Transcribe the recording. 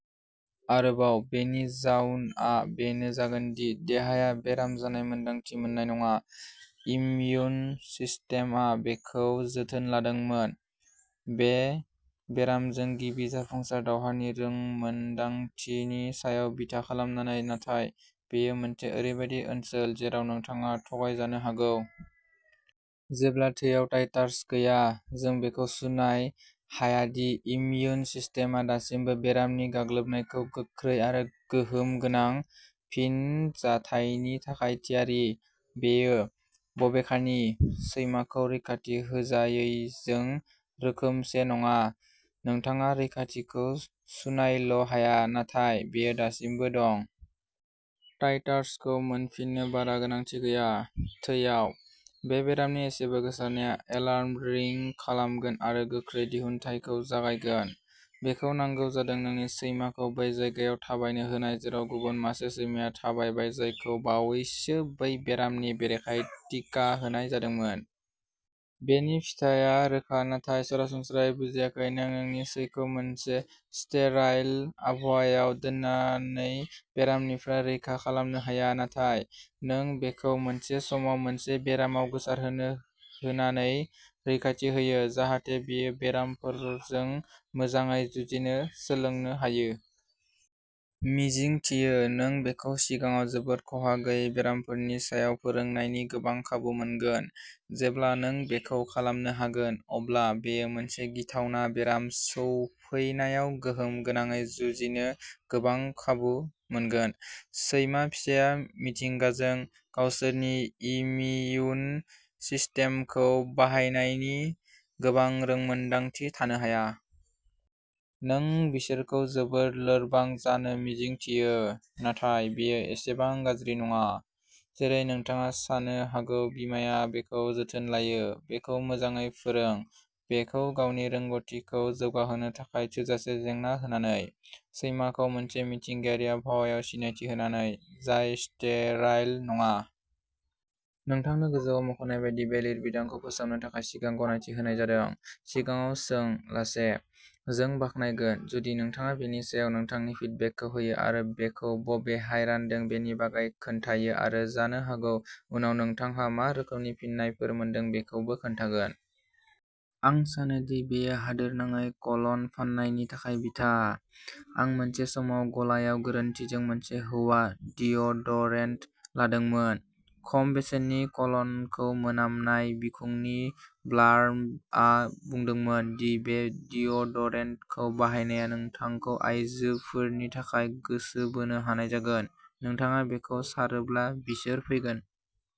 आरोबाव, बेनि जाउनआ बेनो जागोन दि देहाया बेराम जानाय मोन्दांथि मोननाय नङा। इम्युन सिस्टेमआ बेखौ जोथोन लादोंमोन, बे बेरामजों गिबि जाफुंसार दावहानि रोंमोनदांथिनि सायाव बिथा खालामनानै। नाथाय बेयो मोनसे ओरैबायदि ओनसोल जेराव नोंथाङा थगायजानो हागौ। जेब्ला थैयाव टाइटार्स गैया, जों बेखौ सुनाय हाया दि इम्युन सिस्टेमआ दासिमबो बेरामनि गाग्लोबनायखौ गोख्रै आरो गोहोम गोनां फिनजाथायनि थाखाय थियारि! बेयो, बबेखानि, सैमाखौ रैखाथि होजायैजों रोखोमसे नङा! नोंथाङा रैखाथिखौ सुनायल'हाया नाथाय बेयो दासिमबो दं। टाइटार्सखौ मोनफिन्नो बारा गोनांथि गैया। थैआव। बे बेरामनि एसेबो गोसारनाया एलार्म रिं खालामगोन आरो गोख्रै दिहुनथायखौ जागायगोन। बेखौ नांगौ जादों नोंनि सैमाखौ बै जायगायाव थाबायनो होनाय जेराव गुबुन मासे सैमाया थाबायबाय जायखौ बावैसो बै बेरामनि बेरेखायै टिका होनाय जादोंमोन। बेनि फिथाइया रोखा, नाथाय सरासनस्रायै बुजियाखैः नों नोंनि सैखौ मोनसे स्टेराइल आबहावायाव दोननानै बेरामनिफ्राय रैखा खालामनो हाया। नाथाय नों बेखौ मोनसे समाव मोनसे बेरामाव गोसारहोनो होनानै रैखाथि होयो, जाहाथे बेयो बेरामफोरजों मोजाङै जुजिनो सोलोंनो हायो। मिजिंथियो, नों बेखौ सिगाङाव जोबोद खहा गैयै बेरामफोरनि सायाव फोरोंनायनि गोबां खाबु मोनगोन। जेब्ला नों बेखौ खालामनो हागोन, अब्ला बेयो मोनसे गिथावना बेराम सौफैनायाव गोहोम गोनाङै जुजिनो गोबां खाबु मोनगोन। सैमा फिसाया, मिथिंगाजों, गावसोरनि इमिउन सिस्टेमखौ बाहायनायनि गोबां रोंमोनदांथि थानो हाया। नों बिसोरखौ जोबोद लोरबां जानो मिजिंथियो। नाथाय बेयो एसेबां गाज्रि नङा। जेरै नोंथाङा सानो हागौ-बिमाया बेखौ जोथोन लायो! बेखौ मोजाङै फोरों, बेखौ गावनि रोंग'थिखौ जौगाहोनो थाखाय थोजासे जेंना होनानै, सैमाखौ मोनसे मिथिंगायारि आबहावायाव सिनायथि होनानै, जाय स्टेराइल नङा। नोंथांनो गोजौआव मख'नाय बायदि बे लिरबिदांखौ फोसावनो थाखाय सिगां गनायथि होनाय जादों, सिगाङाव सोंलासे। जों बाख्नायगोन जुदि नोंथाङा बेनि सायाव नोंथांनि फिडबेकखौ होयो आरो बेखौ बबेहाय रानदों बेनि बागै खोन्थायो-आरो जानो हागौ उनाव नोंथांहा मा रोखोमनि फिननायफोर मोनदों बेखौबो खोन्थागोन। आं सानोदि बेयो हादोरनाङै क'लन फान्नायनि थाखाय बिथा। आं मोनसे समाव गलायाव गोरोन्थिजों मोनसे "हौवा" डिअ'डरेन्ट लादोंमोन। खम बेसेननि क'लनखौ मोनामनाय। बिखुंनि ब्लार्बआ बुंदोंमोन दि बे डिअ'डरेन्टखौ बाहायनाया नोंथांखौ आइजोफोरनि थाखाय गोसो बोनो हानाय जागोनः "नोंथाङा बेखौ सारोब्ला, बिसोर फैगोन।